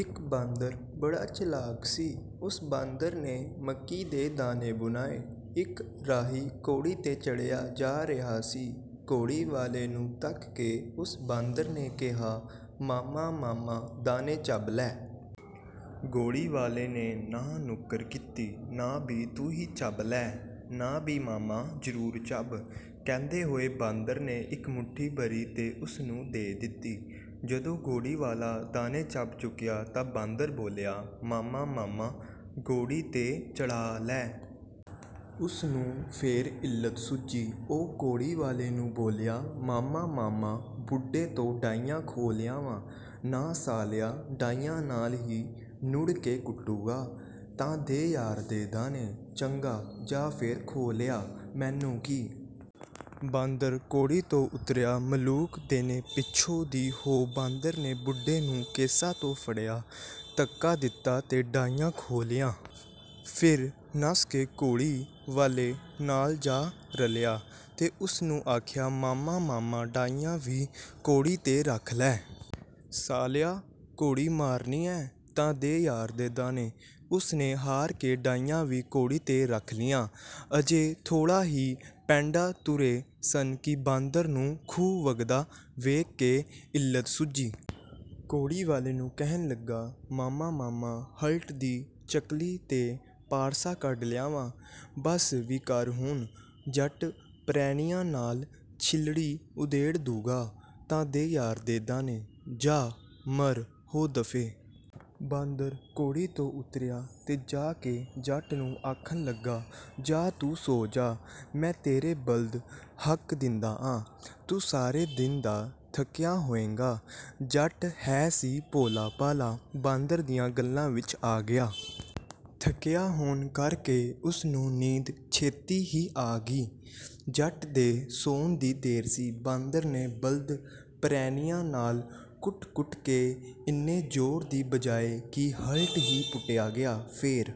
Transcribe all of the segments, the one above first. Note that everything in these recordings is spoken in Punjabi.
ਇੱਕ ਬਾਂਦਰ ਬੜਾ ਚਲਾਕ ਸੀ। ਓਸ ਬਾਂਦਰ ਨੇ ਮੱਕੀ ਦੇ ਦਾਣੇ ਭੁੰਨਾਏ। ਇੱਕ ਰਾਹੀ ਘੋੜੀ 'ਤੇ ਚੜ੍ਹਿਆ ਜਾ ਰਿਹਾ ਸੀ। ਘੋੜੀ ਵਾਲੇ ਨੂੰ ਤੱਕ ਕੇ ਓਸ ਬਾਂਦਰ ਨੇ ਕਿਹਾ, "ਮਾਮਾ, ਮਾਮਾ, ਦਾਨੇ ਚੱਬ ਲੈ।" ਘੋੜੀ ਵਾਲੇ ਨੇ ਨਾਂਹ-ਨੁੱਕਰ ਕੀਤੀ, "ਨਾ ਬਈ, ਤੂੰ ਹੀ ਚੱਬ ਲੈ।" "ਨਾ ਬਈ ਮਾਮਾ, ਜ਼ਰੂਰ ਚੱਬ," ਕਹਿੰਦੇ ਹੋਏ ਬਾਂਦਰ ਨੇ ਇੱਕ ਮੁੱਠੀ ਭਰੀ ਤੇ ਓਸ ਨੂੰ ਦੇ ਦਿੱਤੀ। ਜਦੋਂ ਘੋੜੀ ਵਾਲਾ ਦਾਣੇ ਚੱਬ ਚੁੱਕਿਆ ਤਾਂ ਬਾਂਦਰ ਬੋਲਿਆ, "ਮਾਮਾ, ਮਾਮਾ, ਘੋੜੀ 'ਤੇ ਚੜ੍ਹਾ ਲੈ।" ਉਸ ਨੂੰ ਫੇਰ ਇਲਤ ਸੁੱਝੀ। ਉਹ ਘੋੜੀ ਵਾਲੇ ਨੂੰ ਬੋਲਿਆ, "ਮਾਮਾ, ਮਾਮਾ, ਬੁੱਢੇ ਤੋਂ ਢਾਈਆਂ ਖੋਹ ਲਿਆਵਾਂ।" "ਨਾ ਸਾਲਿਆ, ਢਾਈਆਂ ਨਾਲ ਹੀ ਨੂੜ ਕੇ ਕੁੱਟੂਗਾ?" "ਤਾਂ ਦੇ ਯਾਰ ਦੇ ਦਾਨੇ।" "ਚੰਗਾ, ਜਾਹ ਫੇਰ ਖੋਹ ਲਿਆ, ਮੈਨੂੰ ਕੀ।" ਬਾਂਦਰ ਘੋੜੀ ਤੋਂ ਉਤਰਿਆ। ਮਲੂਕ ਦੇਣੇ ਪਿੱਛੋਂ ਦੀ ਹੋ ਬਾਂਦਰ ਨੇ ਬੁੱਢੇ ਨੂੰ ਕੇਸਾਂ ਤੋਂ ਫੜਿਆ, ਧੱਕਾ ਦਿੱਤਾ ਤੇ ਢਾਈਆਂ ਖੋਹ ਲਿਆਇਆ। ਫਿਰ ਨੱਸ ਕੇ ਘੋੜੀ ਵਾਲੇ ਨਾਲ ਜਾ ਰਲਿਆ ਤੇ ਓਸ ਨੂੰ ਆਖਿਆ, "ਮਾਮਾ, ਮਾਮਾ, ਢਾਈਆਂ ਵੀ ਘੋੜੀ 'ਤੇ ਰਖਾ ਲੈ।" "ਸਾਲਿਆ, ਘੋੜੀ ਮਾਰਨੀ ਐਂ।" "ਤਾਂ ਦੇ ਯਾਰ ਦੇ ਦਾਣੇ।" ਓਸ ਨੇ ਹਾਰ ਕੇ ਢਾਈਆਂ ਵੀ ਘੋੜੀ 'ਤੇ ਰੱਖ ਲਈਆਂ। ਅਜੇ ਥੋੜ੍ਹਾ ਹੀ ਪੈਂਡਾ ਤੁਰੇ ਸਨ ਕਿ ਬਾਂਦਰ ਨੂੰ ਖੂਹ ਵਗਦਾ ਵੇਖ ਕੇ ਇਲਤ ਸੁੱਝੀ। ਘੋੜੀ ਵਾਲੇ ਨੂੰ ਕਹਿਣ ਲੱਗਾ, "ਮਾਮਾ, ਮਾਮਾ, ਹਲਟ ਦੀ ਚੱਕਲੀ ਤੇ ਪਾਰਸਾ ਕੱਢ ਲਿਆਵਾਂ।" "ਬਸ ਵੀ ਕਰ ਹੁਣ। ਜੱਟ ਪਰੈਣੀਆਂ ਨਾਲ ਛਿਲੜੀ ਉਧੇੜ ਦਊਗਾ।" "ਤਾਂ ਦੇ ਯਾਰ ਦੇ ਦਾਣੇ।" "ਜਾਹ ਮਰ ਹੋ ਦਫੇ।" ਬਾਂਦਰ ਘੋੜੀ ਤੋਂ ਉਤਰਿਆ ਤੇ ਜਾ ਕੇ ਜੱਟ ਨੂੰ ਆਖਣ ਲੱਗਾ, "ਜਾਹ, ਤੂੰ ਸੌਂ ਜਾ। ਮੈਂ ਤੇਰੇ ਬਲਦ ਹੱਕ ਦਿੰਦਾ ਆਂ। ਤੂੰ ਸਾਰੇ ਦਿਨ ਦਾ ਥੱਕਿਆ ਹੋਏਂਗਾ।" ਜੱਟ ਹੈ ਸੀ ਭੋਲਾ-ਭਾਲਾ। ਬਾਂਦਰ ਦੀਆਂ ਗੱਲਾਂ ਵਿੱਚ ਆ ਗਿਆ। ਥੱਕਿਆ ਹੋਣ ਕਰਕੇ ਓਸ ਨੂੰ ਨੀਂਦ ਛੇਤੀ ਹੀ ਆ ਗਈ। ਜੱਟ ਦੇ ਸੌਣ ਦੀ ਦੇਰ ਸੀ, ਬਾਂਦਰ ਨੇ ਬਲਦ ਪਰੈਣੀਆਂ ਨਾਲ ਕੁੱਟ-ਕੁੱਟ ਕੇ ਇੰਨੇ ਜ਼ੋਰ ਦੀ ਭਜਾਏ ਕਿ ਹਲਟ ਹੀ ਪੁੱਟਿਆ ਗਿਆ। ਫੇਰ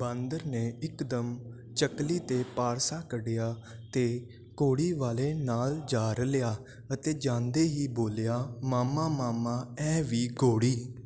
ਬਾਂਦਰ ਨੇ ਇੱਕਦਮ ਚੱਕਲੀ ਤੇ ਪਾਰਸਾ ਕੱਢਿਆ ਤੇ ਘੋੜੀ ਵਾਲੇ ਨਾਲ ਜਾ ਰਲਿਆ ਅਤੇ ਜਾਂਦਾ ਹੀ ਬੋਲਿਆ, "ਮਾਮਾ, ਮਾਮਾ, ਇਹ ਵੀ ਘੋੜੀ